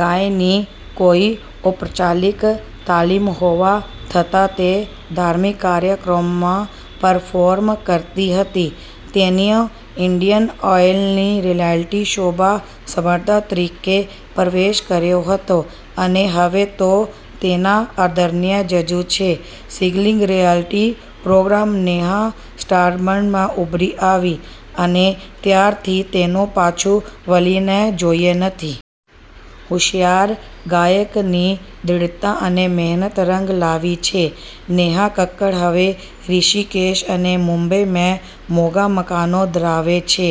ગાયનની કોઈ ઔપચારિક તાલીમહોવા છતાં, તે ધાર્મિક કાર્યક્રમોમાં પરફોર્મ કરતી હતી. તેણીએ ઈન્ડિયન આઈડલ રિયાલિટી શોમાં સ્પર્ધક તરીકે પ્રવેશ કર્યો હતો અને હવે તે તેના આદરણીય જજ છે. સિંગિંગ રિયાલિટી પ્રોગ્રામમાં નેહા સ્ટારડમમાં ઉભરી આવી, અને ત્યારથી, તેણે પાછું વળીને જોયું નથી. હોશિયાર ગાયકની દ્રઢતા અને મહેનત રંગ લાવી છે. નેહા કક્કર હવે ઋષિકેશ અને મુંબઈમાં મોંઘા મકાનો ધરાવે છે.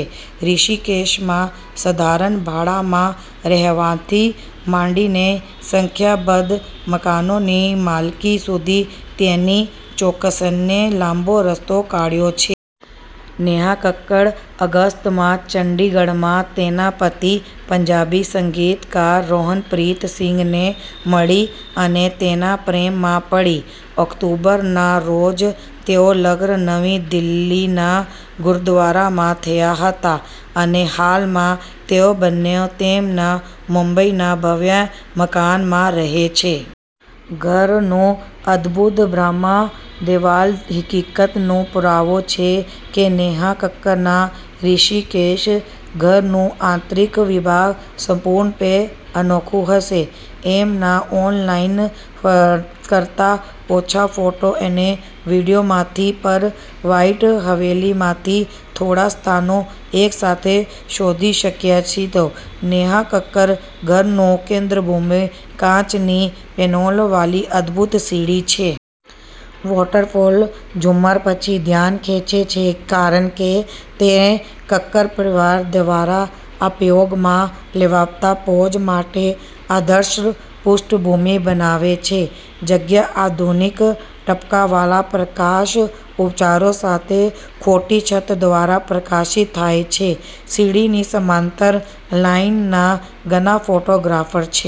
ઋષિકેશમાં સાધારણ ભાડામાં રહેવાથી માંડીને સંખ્યાબંધ મકાનોની માલિકી સુધી તેણીએ ચોક્કસપણે લાંબો રસ્તો કાઢ્યો છે. નેહા કક્કર ઓગસ્ટ માં ચંદીગઢમાં તેના પતિ, પંજાબી સંગીતકાર રોહનપ્રીત સિંહને મળી, અને તેના પ્રેમમાં પડી. ઓક્ટોબર, ના રોજ, તેઓના લગ્ન નવી દિલ્હીના ગુરુદ્વારામાં થયા હતા, અને હાલમાં, તેઓ બંને તેમના મુંબઈના ભવ્ય મકાનમાં રહે છે. ઘરનો અદભૂત બાહ્ય દેખાવહકીકતનો પુરાવો છે કે નેહા કક્કરના ઋષિકેશ ઘરનું આંતરિક ભાગ સંપૂર્ણપણે અનોખું હશે. અમે ઓનલાઈન ફરતા ઓછા ફોટા અને વિડીયોમાંથી પરી વ્હાઇટ હવેલીમાંથી થોડાં સ્થાનો એકસાથે શોધી શકીએ છીએ. નેહા કક્કરના ઘરનું કેન્દ્રબિંદુ કાચની પેનલોવાળી અદભૂત સીડી છે. વોટરફોલ ઝુમ્મર પછી ધ્યાન ખેંચે છે કારણ કે તે કક્કર પરિવાર દ્વારા ઉપયોગમાં લેવાતા પોઝ માટે આદર્શ પૃષ્ઠભૂમિ બનાવે છે. જગ્યા આધુનિક ટપકાંવાળા પ્રકાશ ઉચ્ચારો સાથે ખોટી છત દ્વારા પ્રકાશિત થાય છે. સીડીની સમાંતર લાઇનમાં ઘણા ફોટોગ્રાફ્સ છે.